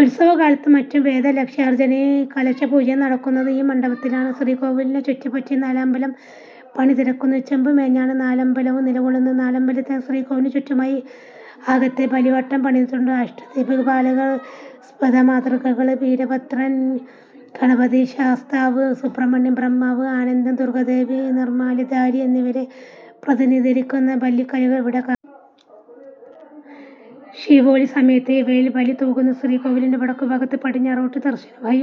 ഉത്സവക്കാലത്തും മറ്റും വേദലക്ഷാർച്ചനയും കലശപൂജയും നടക്കുന്നതും ഈ മണ്ഡപത്തിലാണ്. ശ്രീകോവിലിനെ ചുറ്റിപ്പറ്റി നാലമ്പലം പണിതിരിയ്ക്കുന്നു. ചെമ്പുമേഞ്ഞാണ് നാലമ്പലവും നിലകൊള്ളുന്നത്. നാലമ്പലത്തിനകത്ത് ശ്രീകോവിലിന് ചുറ്റുമായി അകത്തെ ബലിവട്ടം പണിതിട്ടുണ്ട്. അഷ്ടദിക്പാലകർ, സപ്തമാതൃക്കൾ, വീരഭദ്രൻ, ഗണപതി, ശാസ്താവ്, സുബ്രഹ്മണ്യൻ, ബ്രഹ്മാവ്, അനന്തൻ, ദുർഗ്ഗാദേവി, നിർമ്മാല്യധാരി എന്നിവരെ പ്രതിനിധീകരിയ്ക്കുന്ന ബലിക്കല്ലുകൾ ഇവിടെ കാണാം. ശീവേലിസമയത്ത് ഇവയിൽ ബലി തൂകുന്നു. ശ്രീകോവിലിന്റെ വടക്കുഭാഗത്ത് പടിഞ്ഞാറോട്ട് ദർശനമായി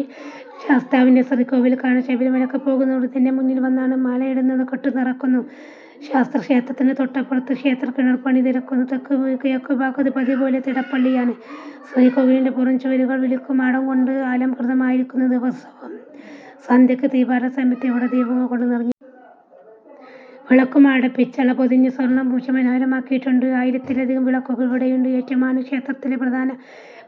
ശാസ്താവിന്റെ ശ്രീകോവിൽ കാണാം. ശബരിമലയ്ക്ക് പോകുന്നവർ ഇതിന്റെ മുന്നിൽ വന്നാണ് മാലയിടുന്നതും കെട്ടുനിറയ്ക്കുന്നതും. ശാസ്താക്ഷേത്രത്തിന് തൊട്ടപ്പുറത്ത് ക്ഷേത്രക്കിണർ പണിതിരിയ്ക്കുന്നു. തെക്കുകിഴക്കുഭാഗത്ത് പതിവുപോലെ തിടപ്പള്ളിയാണ്. ശ്രീകോവിലിന്റെ പുറംചുവരുകൾ വിളക്കുമാടം കൊണ്ട് അലംകൃതമായിരിയ്ക്കുന്നു. ദിവസവും സന്ധ്യയ്ക്ക് ദീപാരാധനാസമയത്ത് ഇവിടം ദീപങ്ങൾകൊണ്ട് നിറഞ്ഞുനിൽക്കും. വിളക്കുമാടം പിച്ചള പൊതിഞ്ഞ് സ്വർണ്ണം പൂശി മനോഹരമാക്കിയിട്ടുണ്ട്. ആയിരത്തിലധികം വിളക്കുകൾ ഇവിടെയുണ്ട്. ഏറ്റുമാനൂർ ക്ഷേത്രത്തിലെ പ്രധാന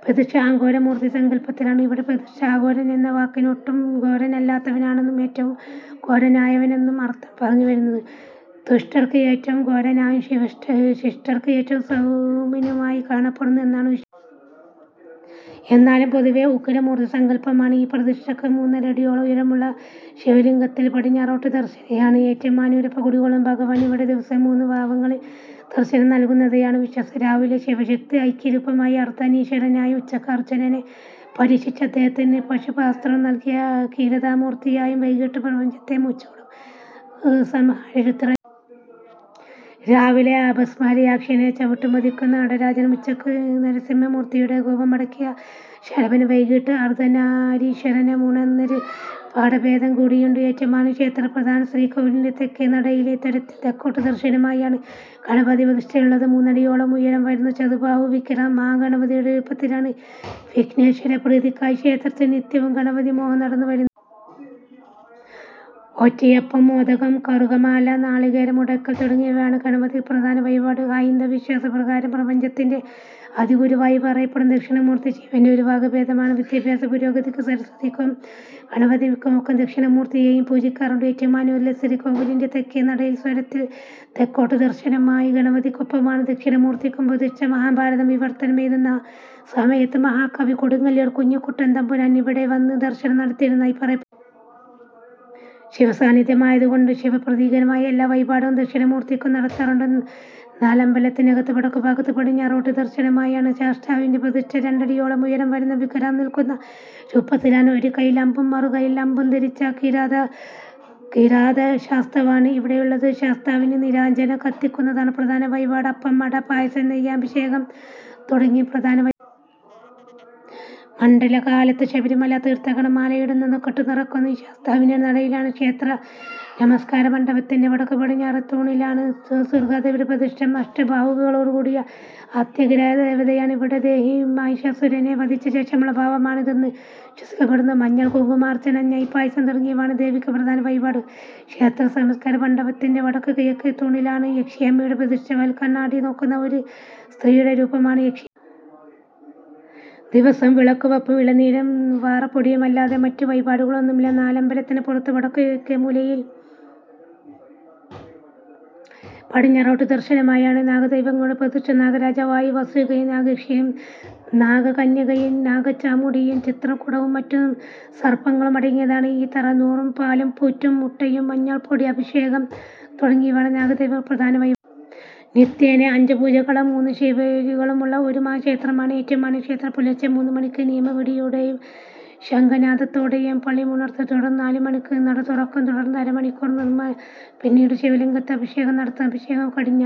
പ്രതിഷ്ഠ. അഘോരമൂർത്തി സങ്കല്പത്തിലാണ് ഇവിടെ പ്രതിഷ്ഠ. 'അഘോരൻ' എന്ന വാക്കിന് ഒട്ടും ഘോരനല്ലാത്തവനെന്നും ഏറ്റവും ഘോരനായവനെന്നും അർത്ഥം പറഞ്ഞുവരുന്നു. ദുഷ്ടർക്ക് ഏറ്റവും ഘോരനായും, ശിഷ്ടർക്ക് ഏറ്റവും സൗമ്യനുമായി കാണപ്പെടുന്നു എന്നാണ് വിശ്വാസം. എന്നാലും, പൊതുവേ ഉഗ്രമൂർത്തീസങ്കല്പമാണ് ഈ പ്രതിഷ്ഠയ്ക്ക്. മൂന്നരയടിയോളം ഉയരമുള്ള ശിവലിംഗത്തിൽ പടിഞ്ഞാറോട്ട് ദർശനമായാണ് ഏറ്റുമാനൂരപ്പൻ കുടികൊള്ളുന്നത്. ഭഗവാൻ ഇവിടെ ദിവസവും മൂന്നുഭാവങ്ങളിൽ ദർശനം നൽകുന്നതായാണ് വിശ്വാസം. രാവിലെ ശിവശക്തി ഐക്യരൂപമായ അർദ്ധനാരീശ്വരനായും, ഉച്ചയ്ക്ക് അർജ്ജുനനെ പരീക്ഷിച്ച് അദ്ദേഹത്തിന് പാശുപതാസ്ത്രം നൽകിയ കിരാതമൂർത്തിയായും, വൈകീട്ട് പ്രപഞ്ചത്തെ മുച്ചൂടും ഇല്ലാതാക്കുന്ന സംഹാരരുദ്രനായും. രാവിലെ, അപസ്മാരയക്ഷനെ ചവുട്ടിമെതിയ്ക്കുന്ന നടരാജനും, ഉച്ചയ്ക്ക് നരസിംഹമൂർത്തിയുടെ കോപമടക്കിയ ശരഭനും, വൈകീട്ട് അർദ്ധനാരീശ്വരനുമാണെന്നൊരു പാഠഭേദം കൂടിയുണ്ട്. ഏറ്റുമാനൂർ ക്ഷേത്രത്തിൽ പ്രധാന ശ്രീകോവിലിന്റെ തെക്കേ നടയിലെ ത്വരത്തിൽ തെക്കോട്ട് ദർശനമായാണ് ഗണപതിപ്രതിഷ്ഠയുള്ളത്. മൂന്നടിയോളം ഉയരം വരുന്ന ചതുർബാഹുവിഗ്രഹം മഹാഗണപതിയുടെ രൂപത്തിലാണ്. വിഘ്നേശ്വരപ്രീതിയ്ക്കായി ക്ഷേത്രത്തിൽ നിത്യവും ഗണപതിഹോമം നടന്നുവരുന്നുണ്ട്. ഒറ്റയപ്പം, മോദകം, കറുകമാല, നാളികേരമുടയ്ക്കൽ തുടങ്ങിയവയാണ് ഗണപതിയ്ക്ക് പ്രധാന വഴിപാടുകൾ. ഹൈന്ദവവിശ്വാസപ്രകാരം പ്രപഞ്ചത്തിന്റെ ആദിഗുരുവായി പറയപ്പെടുന്ന ദക്ഷിണാമൂർത്തി ശിവന്റെ ഒരു വകഭേദമാണ്. വിദ്യാഭ്യാസ പുരോഗതിയ്ക്ക് സരസ്വതിയ്ക്കും ഗണപതിയ്ക്കുമൊപ്പം ദക്ഷിണാമൂർത്തിയെയും പൂജിയ്ക്കാറുണ്ട്. ഏറ്റുമാനൂരിലെ ശ്രീകോവിലിന്റെ തെക്കേ നടയിലെ ത്വരത്തിൽ തെക്കോട്ട് ദർശനമായി ഗണപതിയ്ക്കൊപ്പമാണ് ദക്ഷിണാമൂർത്തിയ്ക്കും പ്രതിഷ്ഠ. മഹാഭാരതം വിവർത്തനം എഴുതുന്ന സമയത്ത് മഹാകവി കൊടുങ്ങല്ലൂർ കുഞ്ഞിക്കുട്ടൻ തമ്പുരാൻ ഇവിടെ വന്ന് ദർശനം നടത്തിയിരുന്നതായി പറയപ്പെടുന്നു. ശിവസാന്നിദ്ധ്യമായതുകൊണ്ട് ശിവപ്രീതികരമായ എല്ലാ വഴിപാടുകളും ദക്ഷിണാമൂർത്തിയ്ക്കും നടത്താറുണ്ട്. നാലമ്പലത്തിനകത്ത് വടക്കുഭാഗത്ത് പടിഞ്ഞാറോട്ട് ദർശനമായാണ് ശാസ്താവിന്റെ പ്രതിഷ്ഠ. രണ്ടടിയോളം ഉയരം വരുന്ന വിഗ്രഹം നിൽക്കുന്ന രൂപത്തിലാണ്. ഒരുകയ്യിൽ അമ്പും മറുകയ്യിൽ അമ്പും ധരിച്ച കിരാതശാസ്താവാണ് ഇവിടെയുള്ളത്. ശാസ്താവിന് നീരാജനം കത്തിയ്ക്കുന്നതാണ് പ്രധാന വഴിപാട്. അപ്പം, അട, പായസം, നെയ്യഭിഷേകം തുടങ്ങിയവയും പ്രധാന വഴിപാടുകളാണ്. മണ്ഡലകാലത്ത് ശബരിമല തീർത്ഥാടകർ മാലയിടുന്നതും കെട്ടുനിറയ്ക്കുന്നതും ഈ ശാസ്താവിന്റെ നടയിലാണ്. ക്ഷേത്രനമസ്കാരമണ്ഡപത്തിന്റെ വടക്കുപടിഞ്ഞാറേത്തൂണിലാണ് ദുർഗ്ഗാദേവിയുടെ പ്രതിഷ്ഠ. അഷ്ടബാഹുക്കളോടുകൂടിയ അത്യുഗ്രദേവതയാണ് ഇവിടെ ദേവി. മഹിഷാസുരനെ വധിച്ചശേഷമുള്ള ഭാവമാണ് ഇതെന്ന് വിശ്വസിയ്ക്കപ്പെടുന്നു. മഞ്ഞൾ-കുങ്കുമാർച്ചന, നെയ്പായസം തുടങ്ങിയവയാണ് ദേവിയ്ക്ക് പ്രധാന വഴിപാടുകൾ. ക്ഷേത്രനമസ്കാരമണ്ഡപത്തിന്റെ വടക്കുകിഴക്കേത്തൂണിലാണ് യക്ഷിയമ്മയുടെ പ്രതിഷ്ഠ. വാൽക്കണ്ണാടി നോക്കുന്ന ഒരു സ്ത്രീയുടെ രൂപമാണ് യക്ഷിയമ്മയ്ക്ക്. ദിവസവും വിളക്കുവയ്പും ഇളനീരും വറപൊടിയുമല്ലാതെ മറ്റ് വഴിപാടുകളൊന്നുമില്ല. നാലമ്പലത്തിന് പുറത്ത് വടക്കുകിഴക്കേമൂലയിൽ പടിഞ്ഞാറോട്ട് ദർശനമായാണ് നാഗദൈവങ്ങളുടെ പ്രതിഷ്ഠ. നാഗരാജാവായി വാസുകിയും നാഗയക്ഷിയും നാഗകന്യകയും നാഗചാമുണ്ഡിയും ചിത്രകൂടവും മറ്റ് സർപ്പങ്ങളുമടങ്ങിയതാണ് ഈ തറ. നൂറും പാലും, പുറ്റും മുട്ടയും, മഞ്ഞൾപ്പൊടി അഭിഷേകം തുടങ്ങിയവയാണ് നാഗദൈവങ്ങൾക്ക് പ്രധാന വഴിപാടുകൾ. നിത്യേന അഞ്ചുപൂജകളും മൂന്നുശീവേലികളുമുള്ള ഒരു മഹാക്ഷേത്രമാണ് ഏറ്റുമാനൂർ ക്ഷേത്രം. പുലർച്ചെ മൂന്നുമണിയ്ക്ക് നിയമവെടിയോടെയും ശംഖനാദത്തോടെയും പള്ളിയുണർത്തൽ. തുടർന്ന് നാലുമണിയ്ക്ക് നടതുറക്കും. തുടർന്ന് അരമണിക്കൂർ നിർമ്മാല്യദർശനം. പിന്നീട് ശിവലിംഗത്തിൽ അഭിഷേകം നടത്തുന്നു. അഭിഷേകം കഴിഞ്ഞാൽ